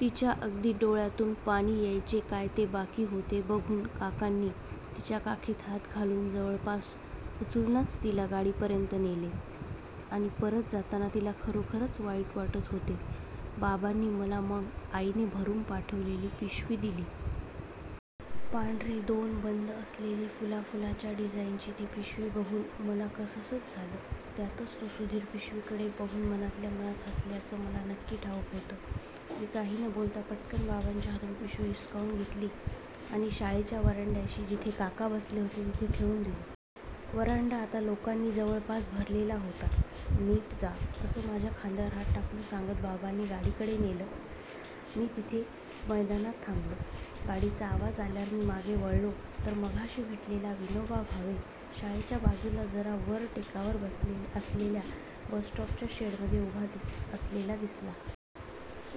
तिच्या अगदी डोळ्यातून पाणी यायचेच काय ते बाकी होते बघून काकांनी तिच्या काखेत हात घालून जवळपास उचलूनच तिला गाडीपर्यंत नेले आणि परत जाताना तिला खरोखरच वाईट वाटत होते. बाबांनी मला मग आईने भरुन पाठवलेली पिशवी दिली. पांढरे दोन बंद असलेली, फुलाफुलाच्या डिझाइनची ती पिशवी बघून मला कससच झालं. त्यातच तो सुधीर पिशवीकडे बघून मनातल्या मनात हसल्याचं मला नक्की ठाउक होतं. मी काही न बोलता पटकन बाबांच्या हातून पिशवी हिसकावून घेतली आणि शाळेच्या व्हरांड्याशी जिथे काका बसले होते तिथे ठेवून दिली. व्हरांडा आता लोकांनी जवळपास भरलेला होता. नीट जा असं माझ्या खांद्यावर हात टाकून सांगत बाबा गाडीकडे गेले. मी तिथेच मैदानात थांबलो. गाडीचा आवाज आल्यावर मी मागे वळलो तर मगाशी भेटलेला विनोबा भावे शाळेच्या बाजूला जरा वर टेकावर असलेल्या बसस्टॉपच्या शेडमध्ये उभा असलेला दिसला.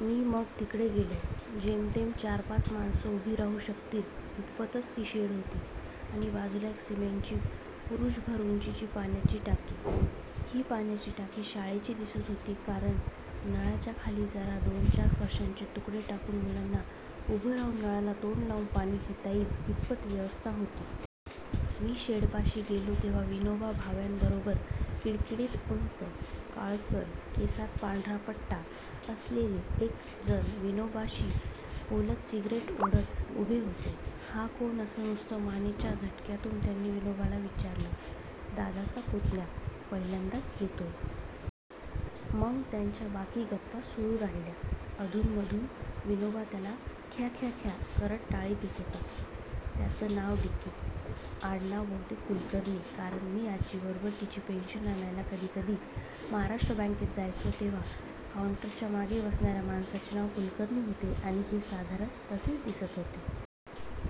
मी मग तिकडे गेलो. जेमतेम चार-पाच माणसं उभी राहू शकतील इतपतच ती शेड होती आणि बाजूला एक सिमेंटची पुरुषभर उंचीची पाण्याची टाकी. ही पाण्याची टाकी शाळेची दिसत होती कारण नळाच्या खाली जरा दोन-चार फरश्यांचे तुकडे टाकून मुलांना उभं राहून नळाला तोंड लावून पाणी पिता येईल इतपत व्यवस्था होती. मी शेडपाशी गेलो तेव्हा विनोबा भाव्यांबरोबर किडकिडीत उंच, काळसर, केसात पांढरा पट्टा असलेले एक जण विनोबाशी बोलत सिगरेट ओढत उभे होते. हा कोण असं नुसतं मानेच्या झटक्यातून त्यांनी विनोबाला विचारलं. दादाचा पुतण्या. पहिल्यांदाच येतोय. मग त्यांच्या बाकी गप्पा सुरु राहिल्या. अधून-मधून विनोबा त्याला ख्याख्याख्या करत टाळी देत होता. त्यांचं नाव डीके. आडणाव बहुतेक कुलकर्णी. कारण मी आजीबरोबर तिची पेंशन आणायला कधीकधी महाराष्ट्र बॅंकेत जायचो तेव्हा काउंटरच्या मागे बसणार्या माणसाचे नाव कुलकर्णी होते आणि हे साधारण तसेच दिसत होते.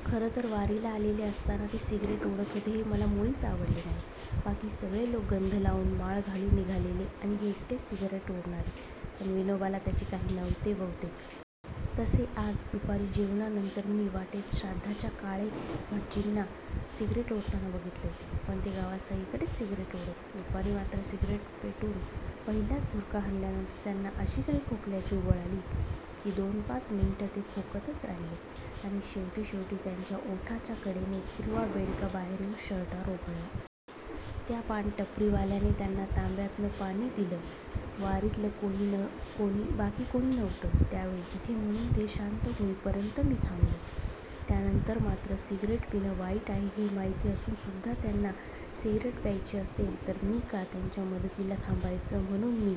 खरं तर वारीला आलेले असताना ते सिगरेट ओढत होते हे मला मुळीच आवडले नाही. बाकी सगळे लोक गंध लावून, माळ घालून निघालेले आणि हे एकटेच सिगरेट ओढणारे. पण विनोबाला त्याचे काही नव्हते बहुतेक. तसे आज दुपारी जेवणानंतर मी वाटेत श्राद्धाच्या काळे भटजींना सिगरेट ओढताना बघितले होते. पण ते गावात सगळीकडेच सिगरेट ओढत. दुपारी मात्र सिगरेट पेटवून पहिलाच झुरका हाणल्यानंतर त्यांना अशी काही खोकल्याची उबळ आली की दोन-पाच मिनिटं ते खोकतच राहिले आणि शेवटी शेवटी त्यांच्या ओठाच्या कडेने एक हिरवा बेडका बाहेर येउन शर्टावर ओघळला. त्या पान टपरीवाल्याने त्यांना तांब्यातनं पाणी दिलं. वारीतलं बाकी कोणी नव्हतं त्यावेळी तिथे म्हणुन ते शांत होईपर्यंत मी थांबलो. त्यानंतर मात्र सिगरेट पिणं वाईट आहे हे माहिती असून सुद्धा त्यांना सिगरेट प्यायची असेल तर मी का त्यांच्या मदतीला थांबायचं म्हणुन मी